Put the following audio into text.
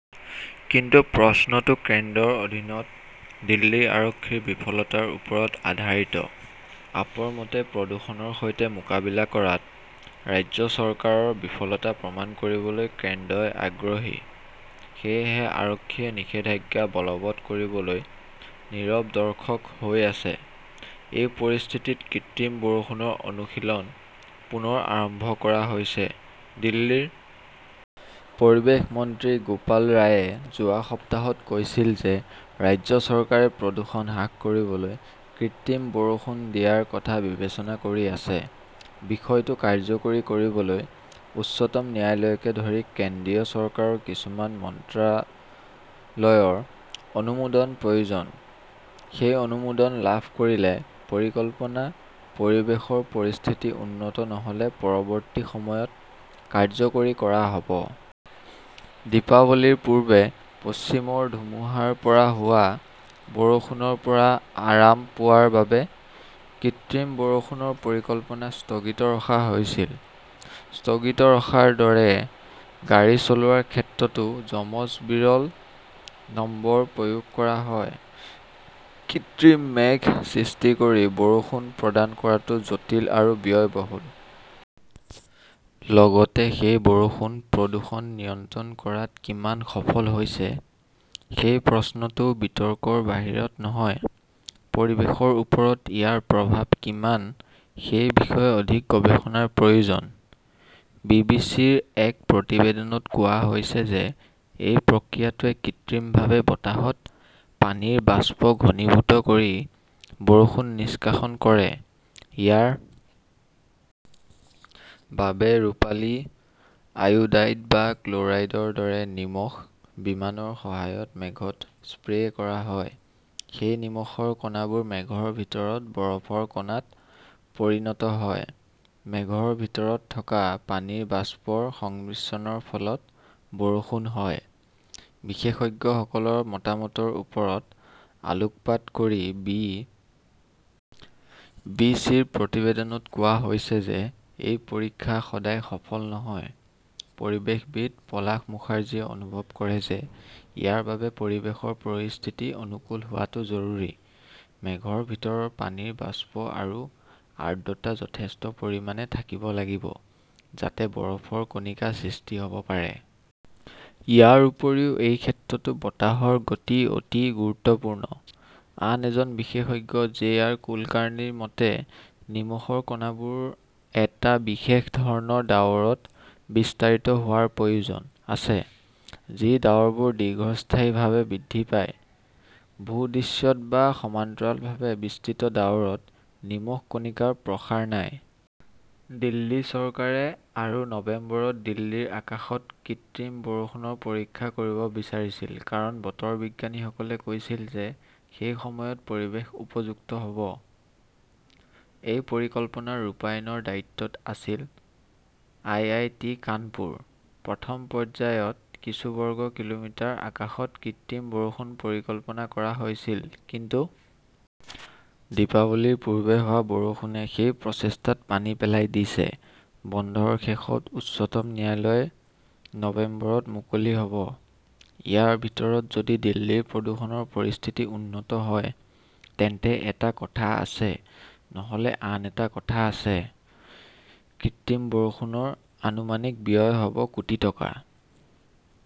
কিন্তু প্ৰশ্নটো কেন্দ্ৰৰ অধীনত দিল্লী আৰক্ষীৰ 'বিফলতা'ৰ ওপৰত আধাৰিত। আপৰ মতে, প্ৰদূষণৰ সৈতে মোকাবিলা কৰাত ৰাজ্য চৰকাৰৰ "বিফলতা" প্ৰমাণ কৰিবলৈ কেন্দ্ৰই আগ্ৰহী। সেয়েহে আৰক্ষীয়ে নিষেধাজ্ঞা বলৱৎ কৰিবলৈ নীৰৱ দৰ্শক হৈ আছে। এই পৰিস্থিতিত কৃত্ৰিম বৰষুণৰ অনুশীলন পুনৰ আৰম্ভ কৰা হৈছে। দিল্লীৰ পৰিৱেশ মন্ত্ৰী গোপাল ৰায়ে যোৱা সপ্তাহত কৈছিল যে ৰাজ্য চৰকাৰে প্ৰদূষণ হ্ৰাস কৰিবলৈ কৃত্ৰিম বৰষুণ দিয়াৰ কথা বিবেচনা কৰি আছে। বিষয়টো কাৰ্যকৰী কৰিবলৈ উচ্চতম ন্যায়ালয়কে ধৰি কেন্দ্ৰীয় চৰকাৰৰ কিছুমান মন্ত্ৰালয়ৰ অনুমোদনৰ প্ৰয়োজন। সেই অনুমোদন লাভ কৰিলে পৰিকল্পনা, পৰিৱেশৰ পৰিস্থিতি উন্নত নহ'লে পৰৱৰ্তী সময়ত কাৰ্যকৰী কৰা হ'ব। দীপাৱলীৰ পূৰ্বে পশ্চিমৰ ধুমুহাৰ পৰা হোৱা বৰষুণৰ পৰা আৰাম পোৱাৰ বাবে কৃত্ৰিম বৰষুণৰ পৰিকল্পনা স্থগিত ৰখা হৈছিল। স্থগিত ৰখাৰ দৰে গাড়ী চলোৱাৰ ক্ষেত্ৰতো যমজ-বিৰল নম্বৰ প্ৰয়োগ কৰা হয়। কৃত্ৰিম মেঘ সৃষ্টি কৰি বৰষুণ প্ৰদান কৰাটো জটিল আৰু ব্যয়বহুল। লগতে সেই বৰষুণ প্ৰদূষণ নিয়ন্ত্ৰণ কৰাত কিমান সফল হৈছে সেই প্ৰশ্নটোও বিতৰ্কৰ বাহিৰত নহয়। পৰিৱেশৰ ওপৰত ইয়াৰ প্ৰভাৱ কিমান সেই বিষয়ে অধিক গৱেষণাৰ প্ৰয়োজন। বি. বি. চি. -ৰ এক প্ৰতিবেদনত কোৱা হৈছে যে এই প্ৰক্ৰিয়াটোৱে কৃত্ৰিমভাৱে বতাহত পানীৰ বাষ্প ঘনীভূত কৰি বৰষুণ নিষ্কাশন কৰে। ইয়াৰ বাবে ৰূপালী আয়োডাইড বা ক্ল'ৰাইডৰ দৰে 'নিমখ' বিমানৰ সহায়ত মেঘত স্প্ৰে কৰা হয়। সেই নিমখৰ কণাবোৰ মেঘৰ ভিতৰত বৰফৰ কণাত পৰিণত হয়। মেঘৰ ভিতৰত থকা পানীৰ বাষ্পৰ সংমিশ্ৰণৰ ফলত বৰষুণ হয়। বিশেষজ্ঞসকলৰ মতামতৰ ওপৰত আলোকপাত কৰি বি. বি. চি. -ৰ প্ৰতিবেদনত কোৱা হৈছে যে এই পৰীক্ষা সদায় সফল নহয়। পৰিৱেশবিদ পলাশ মুখাৰ্জীয়ে অনুভৱ কৰে যে ইয়াৰ বাবে পৰিৱেশৰ পৰিস্থিতি অনুকূল হোৱাটো জৰুৰী। মেঘৰ ভিতৰৰ পানীৰ বাষ্প আৰু আৰ্দ্ৰতা যথেষ্ট পৰিমাণে থাকিব লাগিব, যাতে বৰফৰ কণিকা সৃষ্টি হ'ব পাৰে। ইয়াৰ উপৰিও এই ক্ষেত্ৰতো বতাহৰ গতি অতি গুৰুত্বপূৰ্ণ। আন এজন বিশেষজ্ঞ জে. আৰ. কুলকাৰ্ণীৰ মতে, নিমখৰ কণাবোৰ এটা বিশেষ ধৰণৰ ডাৱৰত বিস্তাৰিত হোৱাৰ প্ৰয়োজন আছে, যি ডাৱৰবোৰ দীৰ্ঘস্থায়ীভাৱে বৃদ্ধি পায়। ভূ-দৃশ্যত বা সমান্তৰালভাৱে বিস্তৃত ডাৱৰত নিমখ কণিকাৰ প্ৰসাৰ নাই। দিল্লী চৰকাৰে আৰু নৱেম্বৰত দিল্লীৰ আকাশত কৃত্ৰিম বৰষুণৰ পৰীক্ষা কৰিব বিচাৰিছিল। কাৰণ, বতৰ বিজ্ঞানীসকলে কৈছিল যে সেই সময়ত পৰিৱেশ উপযুক্ত হ'ব। এই পৰিকল্পনাৰ ৰূপায়ণৰ দায়িত্বত আছিল আইআইটি কানপুৰ। প্ৰথম পৰ্যায়ত কিছু বৰ্গ কিলোমিটাৰ আকাশত কৃত্ৰিম বৰষুণৰ পৰিকল্পনা কৰা হৈছিল। কিন্তু দীপাৱলীৰ পূৰ্বে হোৱা বৰষুণে সেই প্ৰচেষ্টাত পানী পেলাই দিছে। বন্ধৰ শেষত উচ্চতম ন্যায়ালয় নৱেম্বৰত মুকলি হ'ব। ইয়াৰ ভিতৰত, যদি দিল্লীৰ প্ৰদূষণৰ পৰিস্থিতি উন্নত হয় তেন্তে এটা কথা আছে, নহ'লে আন এটা কথা আছে। কৃত্ৰিম বৰষুণৰ আনুমানিক ব্যয় হ'ব কোটি টকা।